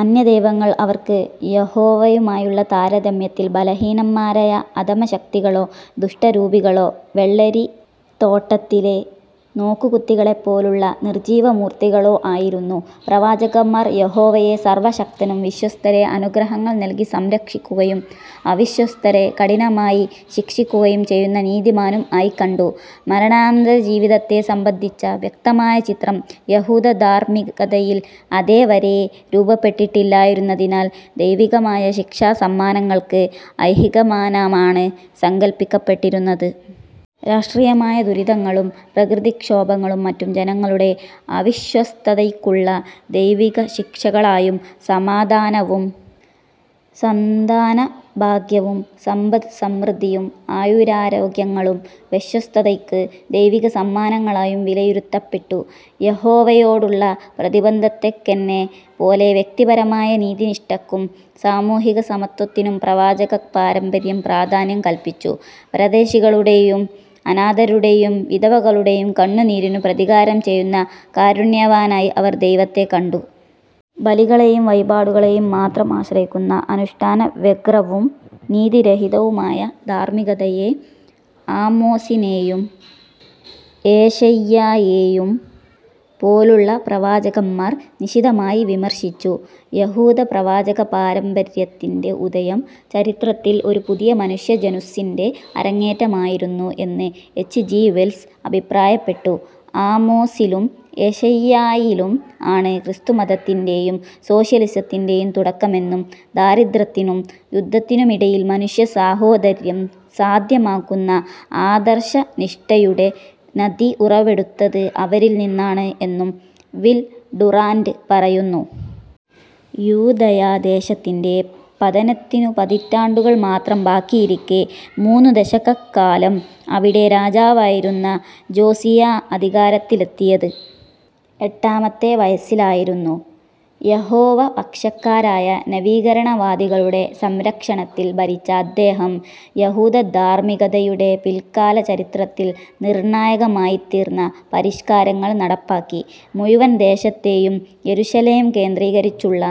അന്യദൈവങ്ങൾ അവർക്ക് യഹോവയുമായുള്ള താരതമ്യത്തിൽ ബലഹീനന്മാരായ അധമശക്തികളോ, ദുഷ്ടരൂപികളോ, വെള്ളരിത്തോട്ടത്തിലെ നോക്കുകുത്തികളെപ്പോലുള്ള നിർജ്ജീവമൂർത്തികളോ ആയിരുന്നു. പ്രവാചകന്മാർ യഹോവയെ സർവശക്തനും വിശ്വസ്തരെ അനുഗ്രഹങ്ങൾ നൽകി സംരക്ഷിക്കുകയും അവിശ്വസ്തരെ കഠിനമായി ശിക്ഷിക്കുകയും ചെയ്യുന്ന നീതിമാനും ആയി കണ്ടു. മരണാനന്തരജീവിതത്തെ സംബന്ധിച്ച വ്യക്തമായ ചിത്രം യഹൂദധാർമ്മികതയിൽ അതേവരേ രൂപപ്പെട്ടിട്ടില്ലായിരുന്നതിനാൽ ദൈവികമായ ശിക്ഷാസമ്മാനങ്ങൾക്ക് ഐഹികമാനമാണ് സങ്കല്പിക്കപ്പെട്ടിരുന്നത്. രാഷ്ട്രീയമായ ദുരിതങ്ങളും പ്രകൃതിക്ഷോഭങ്ങളും മറ്റും ജനങ്ങളുടെ അവിശ്വസ്തതയ്ക്കുള്ള ദൈവികശിക്ഷകളായും; സമാധാനവും, സന്താനഭാഗ്യവും സമ്പദ്സമൃദ്ധിയും ആയുരാരോഗ്യങ്ങളും വിശ്വസ്തതയ്ക്കുള്ള ദൈവികസമ്മാനങ്ങളായും വിലയിരുത്തപ്പെട്ടു. യഹോവയോടുള്ള പ്രതിബദ്ധതക്കെന്ന പോലെ വ്യക്തിപരമായ നീതിനിഷ്ഠക്കും സാമൂഹികസമത്വത്തിനും പ്രവാചകപാരമ്പര്യം പ്രാധാന്യം കല്പിച്ചു. പരദേശികളുടേയും അനാഥരുടേയും വിധവകളുടേയും കണ്ണുനീരിനു പ്രതികാരം ചെയ്യുന്ന കാരുണ്യവാനായി അവർ ദൈവത്തെ കണ്ടു. ബലികളേയും വഴിപാടുകളേയും മാത്രം ആശ്രയിക്കുന്ന അനുഷ്ഠാനവ്യഗ്രവും നീതിരഹിതവുമായ ധാർമ്മികതയെ ആമോസിനേയുംഏശയ്യായേയും പോലുള്ള പ്രവാചകന്മാർ നിശിതമായി വിമർശിച്ചു. യഹൂദപ്രവാചകപാരമ്പര്യത്തിന്റെ ഉദയം, ചരിത്രത്തിൽ ഒരു പുതിയ മനുഷ്യജനുസ്സിന്റെ അരങ്ങേറ്റമായിരുന്നു എന്ന് എച്ച്. ജി. വെൽസ് അഭിപ്രായപ്പെട്ടിട്ടുണ്ട്. "ആമോസിലും ഏശയ്യായിലും ആണ് ക്രിസ്തുമതത്തിന്റേയും സോഷ്യലിസത്തിന്റേയും തുടക്കമെന്നും ദാരിദ്ര്യത്തിനും യുദ്ധത്തിനുമിടയിലും മനുഷ്യസാഹോദര്യം സാധ്യമാക്കുന്ന ആദർശനിഷ്ഠയുടെ നദി ഉറവെടുത്തത് അവരിൽ നിന്നാണ്" എന്നും വിൽ ഡുറാന്റ് പറയുന്നു. യൂദയാ ദേശത്തിന്റെ പതനത്തിനു പതിറ്റാണ്ടുകൾ മാത്രം ബാക്കിയിരിക്കെ മൂന്നു ദശകക്കാലം അവിടെ രാജാവായിരുന്ന ജോസിയാ അധികാരത്തിലെത്തിയത് എട്ടാമത്തെ വയസ്സിലായിരുന്നു. യഹോവപക്ഷക്കാരായ നവീകരണവാദികളുടെ സംരക്ഷണത്തിൽ ഭരിച്ച അദ്ദേഹം യഹൂദധാർമ്മികതയുടെ പിൽക്കാലചരിത്രത്തിൽ നിർണ്ണായകമായിത്തീർന്ന പരിഷ്കാരങ്ങൾ നടപ്പാക്കി. മുഴുവൻ ദേശത്തേയും യെരുശലേം കേന്ദ്രീകരിച്ചുള്ള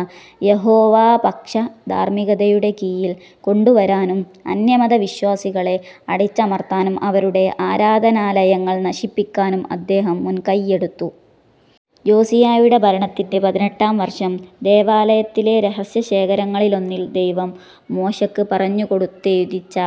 യഹോവാപക്ഷ ധാർമ്മികതയുടെ കീഴിൽ കൊണ്ടുവരാനും അന്യമതവിശ്വാസങ്ങളെ അടിച്ചമർത്താനും അവരുടെ ആരാധനാലയങ്ങൾ നശിപ്പിക്കാനും അദ്ദേഹം മുൻകൈയ്യെടുത്തു. ജോസിയായുടെ ഭരണത്തിന്റെ പതിനെട്ടാം വർഷം ദേവാലയത്തിലെ രഹസ്യശേഖരങ്ങളിലൊന്നിൽ, ദൈവം മോശെക്ക് പറഞ്ഞുകൊടുത്തെഴുതിച്ച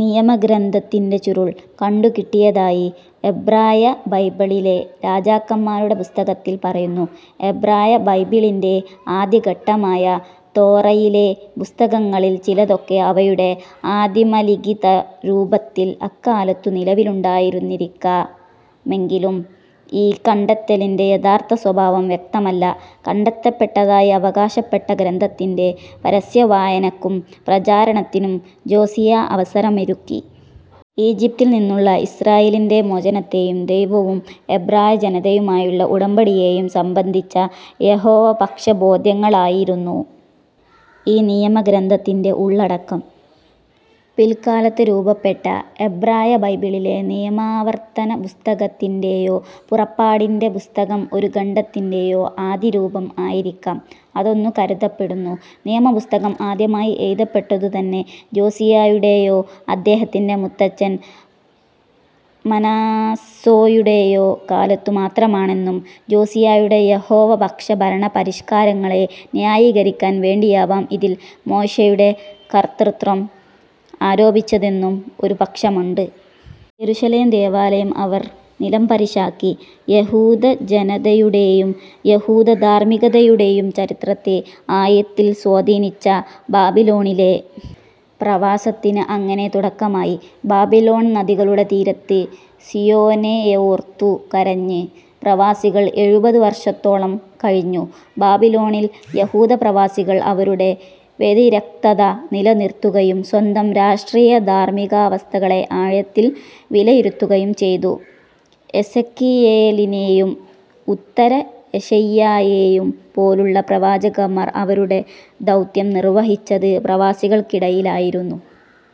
നിയമഗ്രന്ഥത്തിന്റെ ചുരുൾ കണ്ടുകിട്ടിയതായി എബ്രായബൈബിളിലെ രാജാക്കന്മാരുടെ പുസ്തകത്തിൽ പറയുന്നു. എബ്രായബൈബിളിന്റെ ആദ്യഖണ്ഡമായ തോറയിലെ പുസ്തകങ്ങളിൽ ചിലതൊക്കെ അവയുടെ ആദിമലിഖിതരൂപത്തിൽ അക്കാലത്തു നിലവിലുണ്ടായിരുന്നിരിക്കാമെങ്കിലും ഈ 'കണ്ടെത്തലിന്റെ' യഥാർത്ഥസ്വഭാവം വ്യക്തമല്ല. കണ്ടെത്തപ്പെട്ടതായി അവകാശപ്പെട്ട ഗ്രന്ഥത്തിന്റെ പരസ്യവായനക്കും പ്രചാരണത്തിനും ജോസിയാ അവസരമൊരുക്കി. ഈജിപ്തിൽ നിന്നുള്ള ഇസ്രായേലിന്റെ മോചനത്തേയും ദൈവവും എബ്രായജനതയുമായുള്ള ഉടമ്പടിയേയും സംബന്ധിച്ച യഹോവപക്ഷബോദ്ധ്യങ്ങളായിരുന്നു ഈ നിയമഗ്രന്ഥത്തിന്റെ ഉള്ളടക്കം. പിൽക്കാലത്ത് രൂപപ്പെട്ട എബ്രായബൈബിളിലെ നിയമാവർത്തനപ്പുസ്തകത്തിന്റേയോ, പുറപ്പാടിന്റെ പുസ്തകം ഒരു ഖണ്ഡത്തിന്റേയോ ആദിരൂപം ആയിരിക്കാം അതെന്നു കരുതപ്പെടുന്നു. നിയമപുസ്തകം ആദ്യമായി എഴുതപ്പെട്ടതുതന്നെ ജോസിയായുടെയോ അദ്ദേഹത്തിന്റെ മുത്തച്ഛൻ മനാസ്സേയുടേയോ കാലത്തു മാത്രമാണെന്നും ജോസിയായുടെ യഹോവപക്ഷ ഭരണപരിഷ്കാരങ്ങളെ ന്യായീകരിക്കാൻ വേണ്ടിയാവാം ഇതിൽ മോശയുടെ കർതൃത്വം ആരോപിച്ചതെന്നും ഒരു പക്ഷമുണ്ട്. യെരുശലേം ദേവാലയം അവർ നിലംപരിശാക്കി. യഹൂദജനതയുടേയും യഹൂദധാർമ്മികതയുടേയും ചരിത്രത്തെ ആഴത്തിൽ സ്വാധീനിച്ച ബാബിലോണിലെ പ്രവാസത്തിന് അങ്ങനെ തുടക്കമായി. "ബാബിലോൺ നദികളുടെ തീരത്ത് സിയോനെയോർത്തു കരഞ്ഞ്" പ്രവാസികൾ എഴുപതു വർഷത്തോളം കഴിഞ്ഞു. ബാബിലോണിൽ യഹൂദപ്രവാസികൾ അവരുടെ വ്യതിരിക്തത നിലനിർത്തുകയും സ്വന്തം രാഷ്ട്രീയ-ധാർമ്മികാവസ്ഥകളെ ആഴത്തിൽ വിലയിരുത്തുകയും ചെയ്തു. എസെക്കിയേലിനേയും ഉത്തര-ഏശയ്യായേയും പോലുള്ള പ്രവാചകന്മാർ അവരുടെ ദൗത്യം നിർവഹിച്ചത് പ്രവാസികൾക്കിടയിലായിരുന്നു.